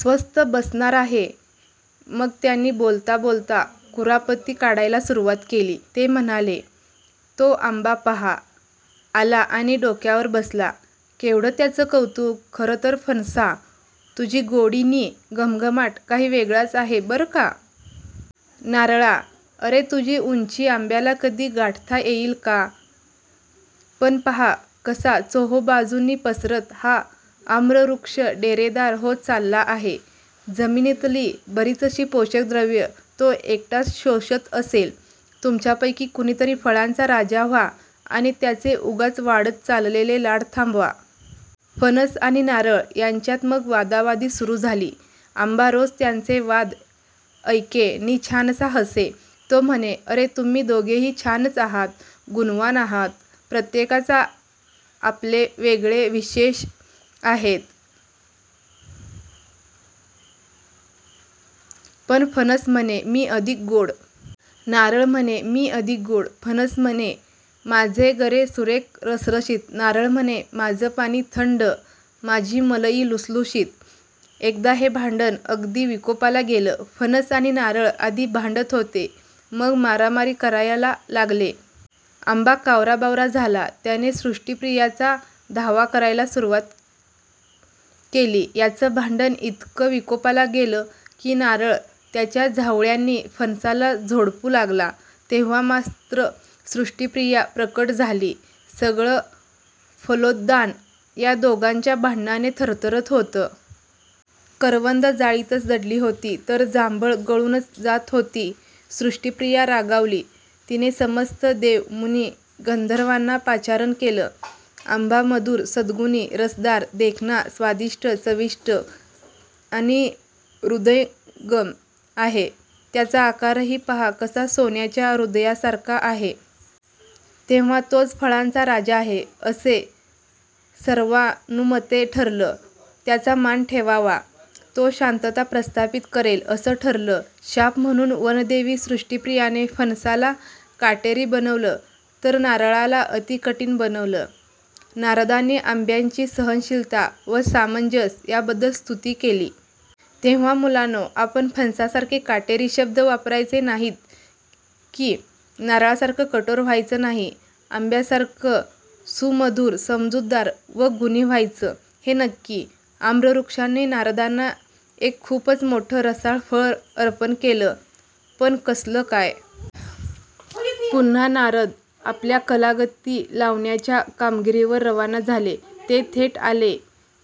स्वस्थ बसवणार आहे? मग त्यांनी बोलता बोलता कुरापती काढायला सुरुवात केली. ते म्हणाले, 'तो आंबा पहा आला आणि डोक्यावर बसला. केवढं त्याचं कौतुक! खरंतर फणसा, तुझी गोडी नि घमघमाट काही वेगळाच आहे बरं का!! नारळा, अरे तुझी उंची आंब्याला कधी गाठता येईल का? पण पहा कसा चोहोबाजूंनी पसरत हा आम्रवृक्ष डेरेदार होत चालला आहे. जमिनीतली बरीचशी पोषक द्रव्यं तो एकटाच शोषत असेल. तुमच्यापैकी कुणीतरी फळांचा राजा व्हा आणि त्याचे उगाच वाढत चाललेले लाड थांबवा. '' फणस आणि नारळ यांच्यात मग वादावादी सुरू झाली. आंबा रोज त्यांचे वाद ऐके नि छानसा हसे. तो म्हणे, अरे, तुम्ही दोघेही छानच आहात, गुणवान आहात, प्रत्येकाचे आपले वेगळे विशेष आहेत. '' पण फणस म्हणे, मी अधिक गोड. नारळ म्हणे, मी अधिक गोड. फणस म्हणे, माझे गरे सुरेख रसरशीत. नारळ म्हणे, माझं पाणी थंड, माझी मलई लुसलुशीत.... एकदा हे भांडण अगदी विकोपाला गेलं. फणस आणि नारळ आधी भांडत होते. मग मारामारी करायला लागले. आंबा कावराबावरा झाला. त्याने सृष्टीप्रियाचा धावा करायला सुरुवात केली. यांचं भांडण इतकं विकोपाला गेलं की, नारळ त्याच्या झावळ्यांनी फणसाला झोडपू लागला. तेव्हा मात्र सृष्टीप्रिया प्रकट झाली. सगळं फलोद्यान या दोघांच्या भांडणाने थरथऱत होतं. करवंदं जाळीतच दडली होती. तर जांभळं गळूनच जात होती. सृष्टीप्रिया रागावली. तिने समस्त देव, मुनी, गंधर्वांना पाचारण केलं. आंबा मधुर, सद्गुणी, रसदार, देखणा, स्वादिष्ट, चविष्ट आणि हृदयंगम आहे. त्याचा आकारही पहा कसा सोन्याच्या हृदयासारखा आहे. तेव्हा तोच फळांचा राजा आहे, असं सर्वानुमते ठरलं. त्याचा मान ठेवावा. तो शांतता प्रस्थापित करेल, असं ठरलं. शाप म्हणून वनदेवी सृष्टीप्रियाने फणसाला काटेरी बनवलं. तर नारळाला अतिकठीण बनवलं. नारदांनी आंब्याची सहनशीलता व सामंजस्य याबद्दल स्तुती केली. तेव्हा मुलांनो, आपण फणसासारखे काटेरी शब्द वापरायचे नाहीत की, नारळासारखं कठोर व्हायचं नाही. आंब्यासारखं सुमधुर, समजूतदार व गुणी व्हायचं, हे नक्की. आम्रवृक्षाने नारदांना एक खूपच मोठं रसाळ फळ अर्पण केलं. पण कसलं काय? पुन्हा नारद आपल्या कलागती लावण्याच्या कामगिरीवर रवाना झाले. ते थेट आले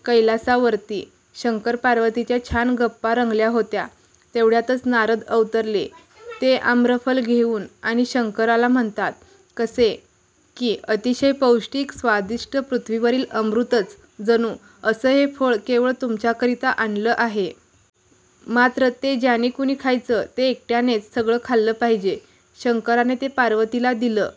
कैलासावरती. शंकरपार्वतीच्या छान गप्पा रंगल्या होत्या. तेवढ्यातच नारद अवतरले ते आम्रफल घेऊन आणि शंकराला म्हणतात कसे की, अतिशय पौष्टिक, स्वादिष्ट पृथ्वीवरील अमृतच जणू असं हे फळ केवळ तुमच्याकरिता आणलं आहे. मात्र ते ज्याने कुणी खायचं, ते एकट्यानेच सगळं खाल्लं पाहिजे. शंकराने ते पार्वतीला दिलं.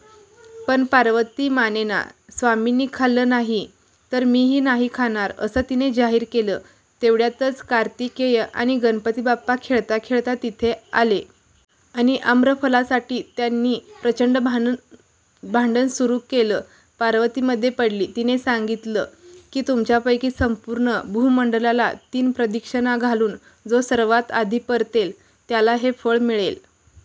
पण पार्वती मानेना. स्वामींनी खाल्लं नाही, तर मीही नाही खाणार, असं तिने जाहीर केलं. तेवढ्यातच कार्तिकेय आणि गणपतीबाप्पा खेळताखेळता तिथे आले. आणि आम्रफलासाठी त्यांनी प्रचंड भांडण सुरू केलं. पार्वती मध्ये पडली. तिने सांगितलं की, तुमच्यापैकी संपूर्ण भूमंडलाला तीन प्रदक्षिणा घालून जो सर्वात आधी परतेल, त्याला हे फळ मिळेल.